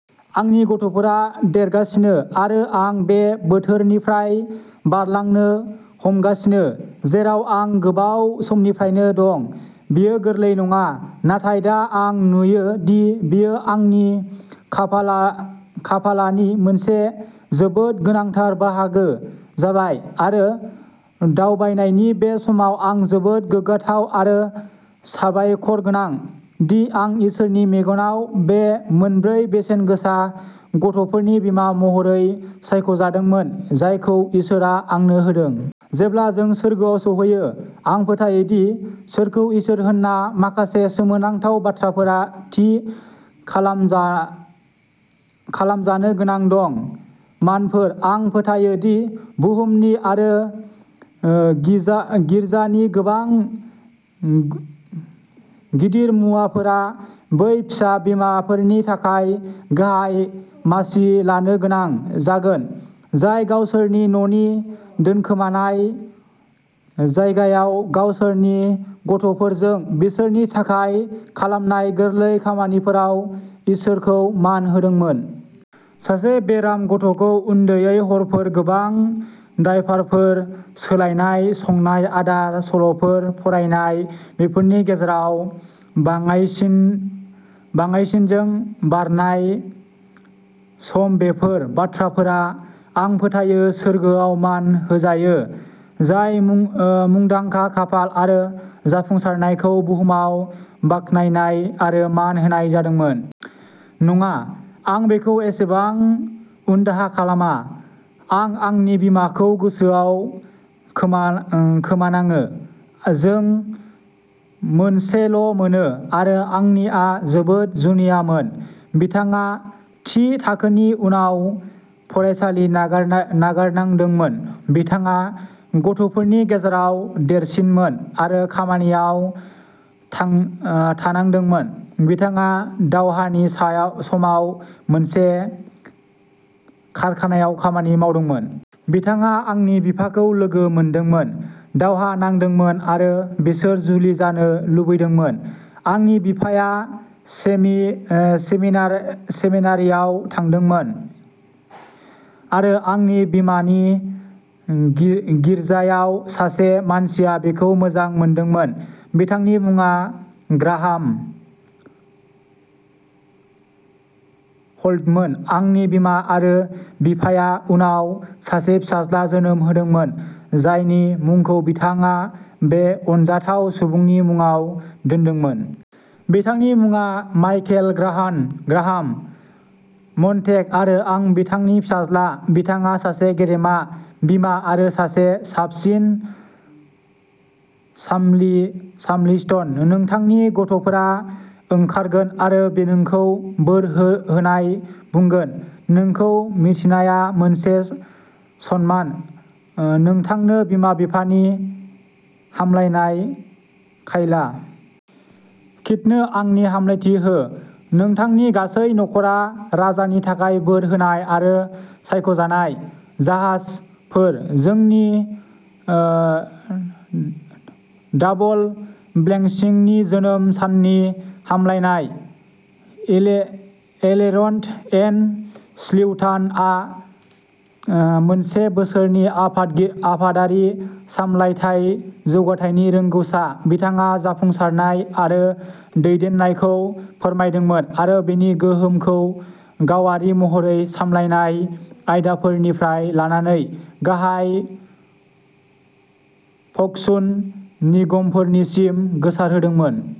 आंनि गथ'फोरा देरगासिनो आरो आं बे बोथोरनिफ्राय बारलांनो हमगासिनो, जेराव आं गोबाव समनिफ्रायनो दं। बेयो गोरलै नङा। नाथाय दा आं नुयो दि बेयो आंनि खाफालानि मोनसे जोबोद गोनांथार बाहागो जाबाय। आरो दावबायनायनि बे समाव, आं जोबोद गोग्गाथाव आरो साबायखरगोनां दि आं इसोरनि मेगनआव बे मोनब्रै बेसेनगोसा गथ'फोरनि बिमा महरै सायख'जादोंमोन, जायखौ इसोरआ आंनो होदों। जेब्ला जों सोरगोआव सौहोयो आं फोथायो दि सोरखौ इसोर होनना माखासे सोमोनांथाव बाथ्राफोर थि खालामजानो गोनां दं। मानफोर। आं फोथायो दि बुहुमनि आरो गिर्जानि गोबां गिदिर मुंफोरा बै फिसा बिमाफोरनि थाखाय गाहाय मासि लानो गोनां जागोन, जाय गावसोरनि न'नि दोनखोमानाय जायगायाव, गावसोरनि गथ'फोरजों, बिसोरनि थाखाय खालामनाय गोरलै खामानिफोराव इसोरखौ मान होदोंमोन। सासे बेराम गथ'खौ उन्दुयै हरफोर, गोबां डायपारफोर सोलायनाय, संनाय आदार, सल'फोर फरायनाय, बेफोरनि गेजेराव बाङाइसिनजों बारनाय समबेफोर बाथ्राफोरा, आं फोथायो, सोरगोआव मान होजागोन, जाय मुंदांखा, खाफाल आरो जाफुंसारनायफोरखौ बुहुमाव बाख्नायनाय आरो मान होनाय जादोंमोन। नङा। आं बेखौ एसेबो उनदाहा खालामा। आं आंनि बिमाखौ गोसोआव खोमानाङो! जों मोनसेल'मोनो, आरो आंनिआ जोबोद जुनियामोन। बिथाङा थि थाखोनि उनाव फरायसालि नागारनांदोंमोन, बिथाङा गथ'फोरनि गेजेराव देरसिनमोन आरो खामानियाव थांनांदोंमोन। बिथाङा दावहानि समाव मोनसे कारखानायाव खामानि मावदोंमोन। बिथाङा आंनि बिफाखौ लोगो मोनदोंमोन। दावहा नांदोंमोन आरो बिसोर जुलि जानो लुबैदोंमोन। आंनि आफाया सेमिनारिआव थांदोंमोन, आरो आंनि बिमानि गिर्जायाव सासे मानसिया बिखौ मोजां मोनदोंमोन। बिथांनि मुङा ग्राहाम हल्टमोन। आंनि बिमा आरो आफाया उनाव सासे फिसाज्ला जोनोम होदोंमोन, जायनि मुंखौ बिथाङा बे अनजाथाव सुबुंनि मुङाव दोनदोंमोन। बिथांनि मुङा माइकेल ग्राहाम मन्टेग आरो आं बिथांनि फिसाज्ला। नोंथाङा सासे गेदेमा बिमा आरो सासे साबसिन साल्मिस्ट। नोंथांनि गथ'फोरा ओंखारगोन आरो नोंखौ बोर होन्नाय बुंगोन! नोंखौ मिथिनाया मोनसे सनमान! नोंथांनो बिमा साननि हामलायनाय काइला! किथनो आंनि हामलायथि हो! नोंथांनि गासै नख'रा राजानि थाखाय बोर होनाय आरो सायख'जानाय जाहाजफोर! जोंनि डाबल ब्लेसिंनो जोनोम साननि हामलायनाय! एलेन'र एन स्वीटआ मोनसे बोसोरनि आफादारि सामलायथाय जौगाथायनि रोंग'सा। बिथाङा जाफुंसारनाय आरो दैदेननायखौ फरायदोंमोन आरो बेनि गोहोमखौ गावारि महरै सामलायजानाय आफादफोरनिफ्राय लानानै गाहाय फर्चुन निगमफोरसिम गोसारदोंमोन।